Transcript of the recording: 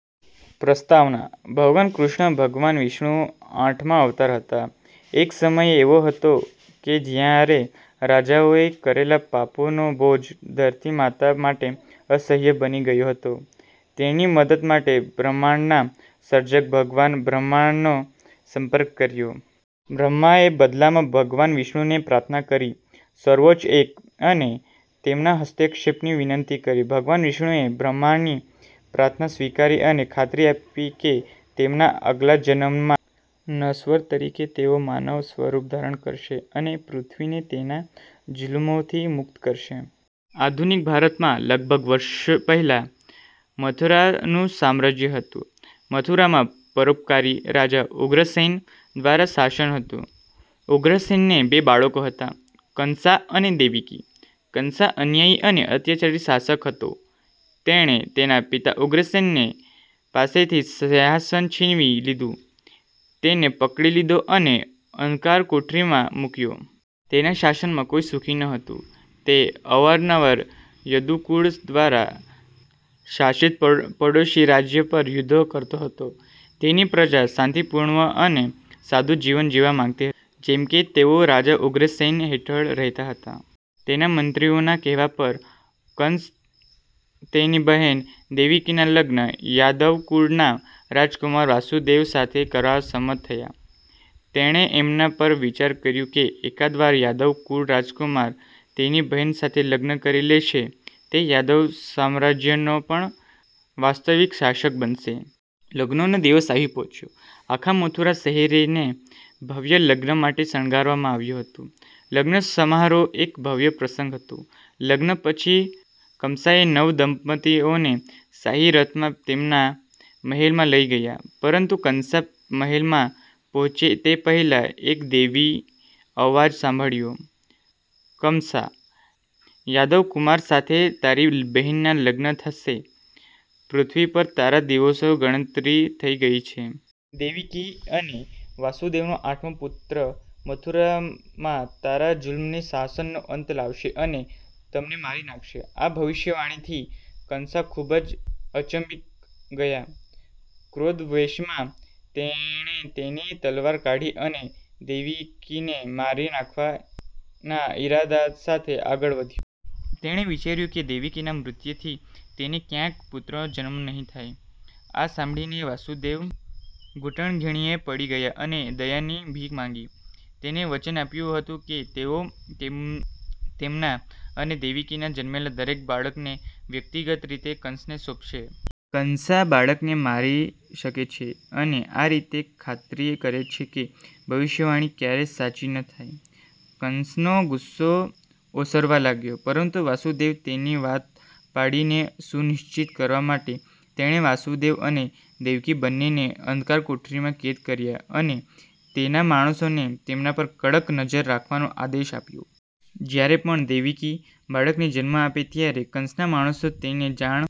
પ્રસ્તાવના: ભગવાન કૃષ્ણ ભગવાન વિષ્ણુના આઠમા અવતાર હતા. એક સમય એવો હતો કે જ્યારે રાજાઓએ કરેલા પાપોનો બોજ ધરતી માતા માટે અસહ્ય બની ગયો હતો. તેણીએ મદદ માટે બ્રહ્માંડના સર્જક ભગવાન બ્રહ્માનો સંપર્ક કર્યો. બ્રહ્માએ બદલામાં ભગવાન વિષ્ણુને પ્રાર્થના કરી, સર્વોચ્ચ એક, અને તેમના હસ્તક્ષેપની વિનંતી કરી. ભગવાન વિષ્ણુએ બ્રહ્માની પ્રાર્થના સ્વીકારી અને ખાતરી આપી કે તેમના આગલા જન્મમાં નશ્વર તરીકે તેઓ માનવ સ્વરૂપ ધારણ કરશે અને પૃથ્વીને તેના જુલમોથી મુક્ત કરશે. આધુનિક ભારતમાં લગભગ વર્ષ પહેલાં, મથુરાનું સામ્રાજ્ય હતું. મથુરામાં પરોપકારી રાજા ઉગ્રસેન દ્વારા શાસન હતું. ઉગ્રસેનને બે બાળકો હતા, કંસા અને દેવકી. કંસા અન્યાયી અને અત્યાચારી શાસક હતો. તેણે તેના પિતા ઉગ્રસેન પાસેથી સિંહાસન છીનવી લીધું, તેને પકડી લીધો અને અંધારકોટડીમાં મૂક્યો. તેમના શાસનમાં કોઈ સુખી ન હતું. તે અવારનવાર યદુ કુળ દ્વારા શાસિત પડોશી રાજ્ય પર યુદ્ધો કરતો હતો. તેમની પ્રજા શાંતિપૂર્ણ અને સાદું જીવન જીવવા માંગતી હતી, જેમ કે તેઓ રાજા ઉગ્રસેન હેઠળ રહેતા હતા. તેના મંત્રીઓના કહેવા પર, કંસ તેની બહેન દેવીકીના લગ્ન યાદવ કુળના રાજકુમાર વાસુદેવ સાથે કરવા સંમત થયા. તેણે એમ પણ વિચાર્યું કે એકવાર યાદવ રાજકુમાર તેની બહેન સાથે લગ્ન કરી લેશે, તે યાદવ સામ્રાજ્યનો પણ વાસ્તવિક શાસક બનશે. લગ્નનો દિવસ આવી પહોંચ્યો. આખા મથુરા શહેરને ભવ્ય લગ્ન માટે શણગારવામાં આવ્યું હતું. લગ્ન સમારોહ એક ભવ્ય પ્રસંગ હતો. લગ્ન પછી, કમસાએ નવદંપતીઓને શાહી રથમાં તેમના મહેલમાં લઈ ગયા. પરંતુ કંસા મહેલમાં પહોંચે તે પહેલાં એક દૈવી અવાજ સંભળાયો, કમસા, યાદવ રાજકુમાર સાથે તારી બહેનના લગ્ન સાથે, પૃથ્વી પર તારા દિવસોની ગણતરી થઈ ગઈ છે. દેવકી અને વાસુદેવનો આઠમો પુત્ર મથુરામાં તમારા જુલમી શાસનનો અંત લાવશે અને તમને મારી નાખશે. આ ભવિષ્યવાણીથી કંસા ખૂબ જ હચમચી ગયા. ક્રોધાવેશમાં, તેણે તેની તલવાર કાઢી, અને દેવકીને મારી નાખવાના ઇરાદા સાથે આગળ વધ્યો. તેણે વિચાર્યું કે દેવકીના મૃત્યુથી તેને ક્યારેય પુત્રનો જન્મ નહીં થાય. આ સાંભળીને વાસુદેવ ઘૂંટણિયે પડી ગયા અને દયાની ભીખ માંગી. તેમણે વચન આપ્યું હતું કે તેઓ તેમના અને દેવકીને જન્મેલા દરેક બાળકને વ્યક્તિગત રીતે કંસને સોંપશે. કંસા બાળકને મારી શકે છે અને આ રીતે ખાતરી કરે છે કે ભવિષ્યવાણી ક્યારેય સાચી ન થાય. કંસનો ગુસ્સો ઓસરવા લાગ્યો. પરંતુ વાસુદેવે તેમની વાત પાળી તે સુનિશ્ચિત કરવા માટે, તેણે વાસુદેવ અને દેવકી બંનેને અંધારકોટડીમાં કેદ કર્યા અને તેના માણસોને તેમના પર કડક નજર રાખવાનો આદેશ આપ્યો. જ્યારે પણ દેવીકી બાળકને જન્મ આપે ત્યારે કંસના માણસો તેને જાણ